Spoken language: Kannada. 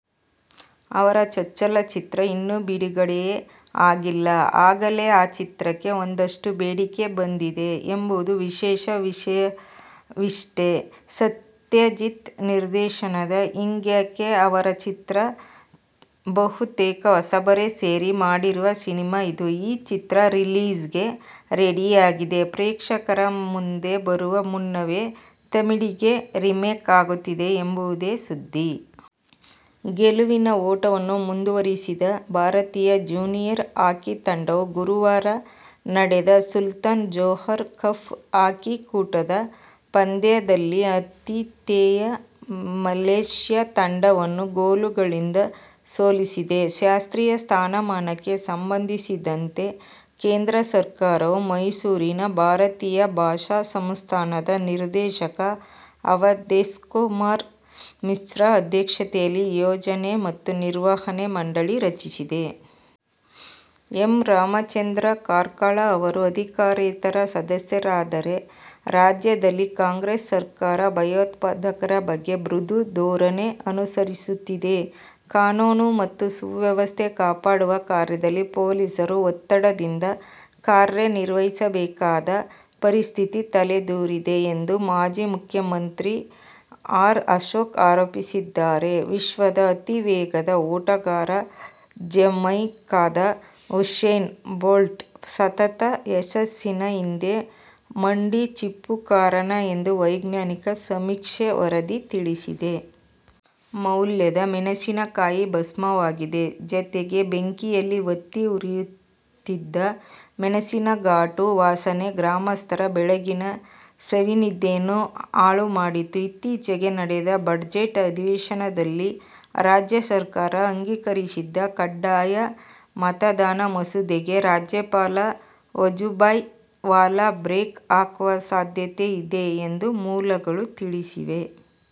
ಅವರ ಚೊಚ್ಚಲ ಚಿತ್ರ ಇನ್ನೂ ಬಿಡುಗಡೆಯೇ ಆಗಿಲ್ಲ. ಆಗಲೇ ಆ ಚಿತ್ರಕ್ಕೆ ಒಂದಷ್ಟು ಬೇಡಿಕೆ ಬಂದಿದೆ ಎಂಬುದು ವಿಶೇಷ. ವಿಷಯವಿಷ್ಟೇ, ಸತ್ಯಜಿತ್ ನಿರ್ದೇಶನದ ಹಿಂಗ್ಯಾಕೆ' ಅವರ ಮೊದಲ ಚಿತ್ರ. ಬಹುತೇಕ ಹೊಸಬರೇ ಸೇರಿ ಮಾಡಿರುವ ಸಿನಿಮಾ ಇದು. ಈ ಚಿತ್ರ ರಿಲೀಸ್ಗೆ ರೆಡಿಯಾಗಿದೆ. ಪ್ರೇಕ್ಷಕರ ಮುಂದೆ ಬರುವ ಮುನ್ನವೇ ತಮಿಳಿಗೆ ರಿಮೇಕ್ ಆಗುತ್ತಿದೆ ಎಂಬುದೇ ಸುದ್ದಿ. ಗೆಲುವಿನ ಓಟವನ್ನು ಮುಂದುವರಿಸಿದ ಭಾರತೀಯ ಜೂನಿಯರ್ ಹಾಕಿ ತಂಡವು ಗುರುವಾರ ನಡೆದ ಸುಲ್ತಾನ್ ಜೋಹರ್ ಕಪ್ ಹಾಕಿ ಕೂಟದ ಪಂದ್ಯದಲ್ಲಿ ಆತಿಥೇಯ ಮಲೇಶ್ಯ ತಂಡವನ್ನು ಗೋಲುಗಳಿಂದ ಸೋಲಿಸಿದೆ. ಶಾಸ್ತ್ರೀಯ ಸ್ಥಾನಮಾನಕ್ಕೆ ಸಂಬಂಧಿಸಿದಂತೆ ಕೇಂದ್ರ ಸರ್ಕಾರವು ಮೈಸೂರಿನ ಭಾರತೀಯ ಭಾಷಾ ಸಂಸ್ಥಾನದ ನಿರ್ದೇಶಕ ಅವಧೇಶ್ಕುಮಾರ್ ಮಿಶ್ರಾ ಅಧ್ಯಕ್ಷತೆಯಲ್ಲಿ ಯೋಜನೆ ಮತ್ತು ನಿರ್ವಹಣಾ ಮಂಡಳಿ ರಚಿಸಿದೆ. ಎಂ. ರಾಮಚಂದ್ರ ಕಾರ್ಕಳ ಅವರು ಅಧಿಕಾರೇತರ ಸದಸ್ಯರಾದ್ದಾರೆ. ರಾಜ್ಯದಲ್ಲಿ ಕಾಂಗ್ರೆಸ್ ಸರಕಾರ ಭಯೋತ್ಪಾದಕರ ಬಗ್ಗೆ ಮೃದು ಧೋರಣೆ ಅನುಸರಿಸುತ್ತಿದೆ. ಕಾನೂನು ಮತ್ತು ಸುವ್ಯವಸ್ಥೆ ಕಾಪಾಡುವ ಕಾರ್ಯದಲ್ಲಿ ಪೊಲೀಸರು ಒತ್ತಡದಿಂದ ಕಾರ್ಯ ನಿರ್ವಹಿಸಬೇಕಾದ ಪರಿಸ್ಥಿತಿ ತಲೆದೋರಿದೆ ಎಂದು ಮಾಜಿ ಉಪಮುಖ್ಯಮಂತ್ರಿ ಆರ್. ಅಶೋಕ್ ಆರೋಪಿಸಿದ್ದಾರೆ. ವಿಶ್ವದ ಅತಿ ವೇಗದ ಓಟಗಾರ ಜಮೈಕಾದ ಉಸೇನ್ ಬೋಲ್ಟ್ ಸತತ ಯಶಸ್ಸಿನ ಹಿಂದೆ ಮಂಡಿ ಚಿಪ್ಪು ಕಾರಣ ಎಂದು ವೈಜ್ಞಾನಿಕ ಸಮೀಕ್ಷೆ ವರದಿ ತಿಳಿಸಿದೆ. ಮೌಲ್ಯದ ಮೆಣಸಿನಕಾಯಿ ಭಸ್ಮವಾಗಿದೆ. ಜತೆಗೆ, ಬೆಂಕಿಯಲ್ಲಿ ಹೊತ್ತಿ ಉರಿಯುತ್ತಿದ್ದ ಮೆಣಸಿನ ಘಾಟು ವಾಸನೆ ಗ್ರಾಮಸ್ಥರ ಬೆಳಗಿನ ಸವಿ ನಿದ್ದೆಯನ್ನು ಹಾಳು ಮಾಡಿತು. ಇತ್ತೀಚೆಗೆ ನಡೆದ ಬಜೆಟ್ ಅಧಿವೇಶನದಲ್ಲಿ ರಾಜ್ಯ ಸರ್ಕಾರ ಅಂಗೀಕರಿಸಿದ್ದ ಕಡ್ಡಾಯ ಮತದಾನ ಮಸೂದೆಗೆ ರಾಜ್ಯಪಾಲ ವಜೂಭಾಯ್ ವಾಲಾ ಬ್ರೇಕ್ ಹಾಕುವ ಸಾಧ್ಯತೆ ಇದೆ ಎಂದು ಮೂಲಗಳು ತಿಳಿಸಿವೆ.